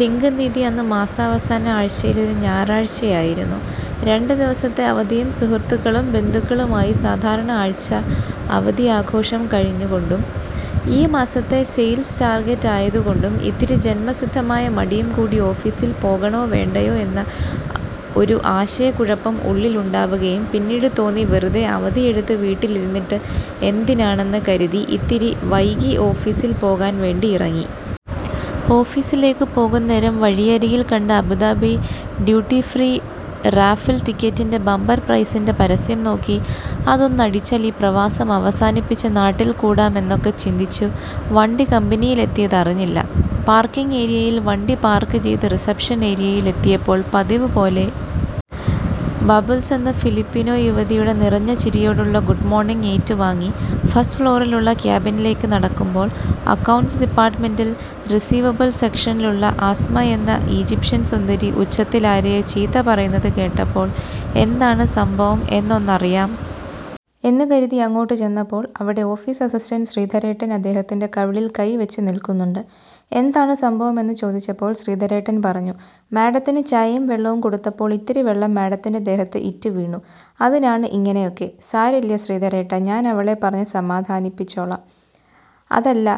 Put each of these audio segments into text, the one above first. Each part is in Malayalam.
ലിംഗനീതി അന്ന് മാസാവസാന ആഴ്ചയിലെ ഒരു ഞായറാഴ്ച ആയിരുന്നു. രണ്ടു ദിവസത്തെ അവധിയും സുഹൃത്തുക്കളും ബന്ധുക്കളുമായി സാധാരണ ആഴ്ച അവധി ആഘോഷം കഴിഞ്ഞത് കൊണ്ടും ഈ മാസത്തെ സെയിൽസ് ടാർജെറ്റ് ആയതുകൊണ്ടും ഇത്തിരി ജന്മസിദ്ധമായ മടിയും കൂടി ഓഫീസിൽ പോകണോ വേണ്ടയോ എന്ന ഒരു ആശയകുഴപ്പം ഉള്ളിൽ ഉണ്ടാവുകയും പിന്നീട് തോന്നി വെറുതെ അവധി എടുത്തു വീട്ടിൽ ഇരുന്നിട്ട് എന്തിനാണ് എന്ന് കരുതി ഇത്തിരി വൈകി ഓഫീസിൽ പോകാൻ വേണ്ടി ഇറങ്ങി. ഓഫീസിലേക്ക് പോകുന്നേരം വഴിയരികിൽ കണ്ട അബുദാബി ഡ്യൂട്ടിഫ്രീ റാഫിൾ ടിക്കറ്റിന്റെ ബമ്പർ പ്രൈസിന്റെ പരസ്യം നോക്കി അതൊന്നടിച്ചാൽ ഈ പ്രവാസം അവസാനിപ്പിച്ചു നാട്ടിൽ കൂടാം എന്നൊക്കെ ചിന്തിച്ചു വണ്ടി കമ്പനിയിൽ എത്തിയത് അറിഞ്ഞില്ല. പാർക്കിംഗ് ഏരിയയിൽ വണ്ടി പാർക്ക് ചെയ്ത് റിസപ്ഷൻ ഏരിയയിൽ എത്തിയപ്പോൾ പതിവുപോലെ ബബ്ൾസ് എന്ന ഫിലിപിനോ യുവതിയുടെ നിറഞ്ഞ ചിരിയോടെയുള്ള ഗുഡ് മോർണിംഗ് ഏറ്റു വാങ്ങി ഫസ്റ്റ് ഫ്ലോറിൽ ഉള്ള ക്യാബിനിലേക്ക് നടക്കുമ്പോൾ അക്കൗണ്ട്സ് ഡിപ്പാർട്മെന്റിൽ റിസീവബിൾ സെക്ഷനിൽ ഉള്ള അസ്മ എന്ന ഈജിപ്ഷൻ സുന്ദരി ഉച്ചത്തിൽ ആരെയോ ചീത്ത പറയുന്നത് കേട്ടപ്പോൾ എന്താണ് സംഭവം എന്ന് ഒന്നറിയാം എന്നു കരുതി അങ്ങോട്ട് ചെന്നപ്പോൾ അവിടെ ഓഫീസ് അസിസ്റ്റന്റ് ശ്രീധരേട്ടൻ അദ്ദേഹത്തിന്റെ കവിളിൽ കൈ വെച്ച് നിൽക്കുന്നുണ്ട്, എന്താണ് സംഭവം എന്ന് ചോദിച്ചപ്പോൾ ശ്രീധരേട്ടൻ പറഞ്ഞു, മാഡത്തിന് ചായയും വെള്ളവും കൊടുത്തപ്പോൾ ഇത്തിരി വെള്ളം മാഡത്തിന്റെ ദേഹത്ത് ഇറ്റിവീണു അതിനാണ് ഇങ്ങിനെ ഒക്കെ, സാരല്ല്യ ശ്രീധരേട്ടാ ഞാൻ അവളെ പറഞ്ഞു സമാധാനിപ്പിച്ചോളാം, അതല്ല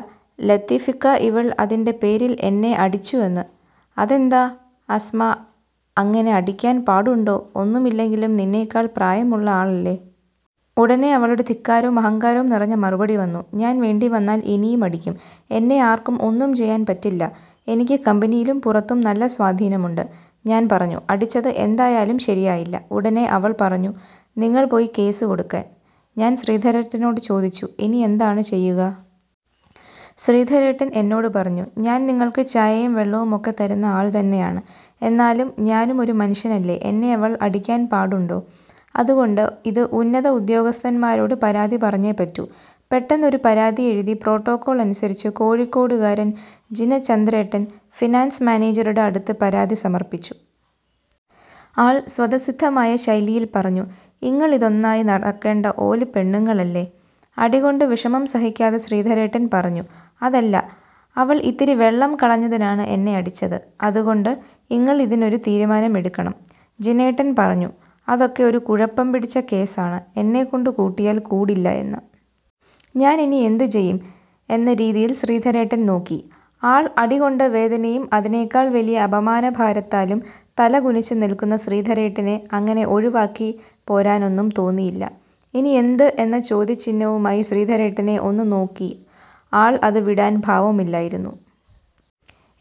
ലത്തീഫ്ക്ക ഇവൾ അതിന്റെ പേരിൽ എന്നെ അടിച്ചു എന്ന്, അതെന്താ അസ്മ അങ്ങിനെ അടിക്കാൻ പാടുണ്ടോ ഒന്നുമില്ലെങ്കിലും നിന്നെക്കാൾ പ്രായമുള്ള ആളല്ലേ? ഉടനെ അവളുടെ ധിക്കാരവും അഹങ്കാരവും നിറഞ്ഞ മറുപടി വന്നു ഞാൻ വേണ്ടി വന്നാൽ ഇനിയും അടിക്കും എന്നെ ആർക്കും ഒന്നും ചെയ്യാൻ പറ്റില്ല എനിക്ക് കമ്പനിയിലും പുറത്തും നല്ല സ്വാധീനം ഉണ്ട്. ഞാൻ പറഞ്ഞു അടിച്ചത് എന്തായാലും ശരിയായില്ല, ഉടനെ അവൾ പറഞ്ഞു നിങ്ങൾ പോയി കേസ് കൊടുക്കാൻ, ഞാൻ ശ്രീധരേട്ടനോട് ചോദിച്ചു ഇനി എന്താണ് ചെയ്യുക. ശ്രീധരേട്ടൻ എന്നോട് പറഞ്ഞു ഞാൻ നിങ്ങൾക്ക് ചായയും വെള്ളവും ഒക്കെ തരുന്ന ആൾ തന്നെയാണ് എന്നാലും ഞാനും ഒരു മനുഷ്യനല്ലേ എന്നെ അവൾ അടിക്കാൻ പാടുണ്ടോ, അത്കൊണ്ട് ഇത് ഉന്നത ഉദ്യോഗസ്ഥൻമാരോട് പരാതി പറഞ്ഞേ പറ്റൂ, പെട്ടെന്ന് ഒരു പരാതി എഴുതി പ്രോട്ടോകോൾ അനുസരിച്ചു കോഴിക്കോടുകാരൻ ജിനചന്ദ്രേട്ടൻ, ഫിനാൻസ് മാനേജറുടെ അടുത്ത് പരാതി സമർപ്പിച്ചു. ആൾ സ്വതസിദ്ധമായ ശൈലിയിൽ പറഞ്ഞു ഇങ്ങള് ഇതൊന്നായി നടക്കണ്ട ഓല് പെണ്ണുങ്ങൾ അല്ലെ? അടികൊണ്ട് വിഷമം സഹിക്കാതെ ശ്രീധരേട്ടൻ പറഞ്ഞു അതല്ല, അവൾ ഇത്തിരി വെള്ളം കളഞ്ഞതിനാണ് എന്നെ അടിച്ചത് അത് കൊണ്ട് ഇങ്ങള് ഇതിന് ഒരു തീരുമാനം എടുക്കണം, ജിനേട്ടൻ പറഞ്ഞു അതൊക്ക ഒരു കുഴപ്പം പിടിച്ച കേസ് ആണ് എന്നെകൊണ്ട് കൂട്ടിയാൽ കൂടില്ല എന്ന്. ഞാൻ ഇനി എന്ത് ചെയ്യും എന്ന രീതിയിൽ ശ്രീധരേട്ടനെ നോക്കി, ആൾ അടികൊണ്ട വേദനയും അതിനേക്കാൾ വലിയ അപമാനഭാരത്താലും തല കുനിച്ചു നിൽക്കുന്ന ശ്രീധരേട്ടനെ അങ്ങനെ ഒഴിവാക്കി പോരാനും തോന്നിയില്ല, ഇനി എന്ത് എന്ന ചോദ്യ ചിഹ്നവുമായി ശ്രീധരേട്ടനെ ഒന്ന് നോക്കി ആൾ അത് വിടാൻ ഭാവമില്ലായിരുന്നു.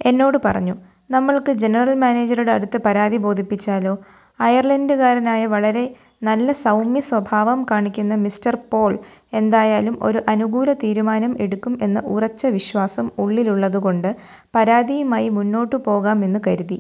എന്നോട് പറഞ്ഞു നമ്മൾക്കു ജനറൽ മാനേജർടെ അടുത്ത് പരാതി ബോധിപ്പിച്ചാലോ? അയർലൻഡ് കാരനായ വളരെ നല്ല സൗമ്യ സ്വഭാവം കാണിക്കുന്ന മിസ്റ്റർ പോൾ എന്തായാലും ഒരു അനുകൂല തീരുമാനം എടുക്കും എന്ന് ഉറച്ച വിശ്വാസം ഉള്ളിൽ ഉള്ളത് കൊണ്ട് പരാതിയുമായി മുന്നോട്ട് പോകാം എന്നു കരുതി.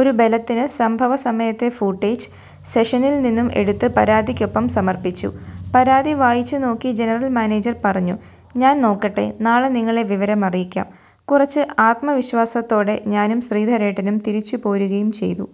ഒരു ബലത്തിന് സംഭവ സമയത്തെ ഫൂട്ടേജ് സെക്ഷനിൽ നിന്നും എടുത്തു പരാതിക്കൊപ്പം സമർപ്പിച്ചു, പരാതി വായിച്ചു നോക്കി ജനറൽ മാനേജർ പറഞ്ഞു ഞാൻ നോക്കട്ടെ നാളെ നിങ്ങളെ വിവരം അറിയിക്കാം. കുറച്ച് ആത്മ വിശ്വാസത്തോടെ ഞാനും ശ്രീധരേട്ടനും തിരിച്ചു പോരുകയും ചെയ്തു.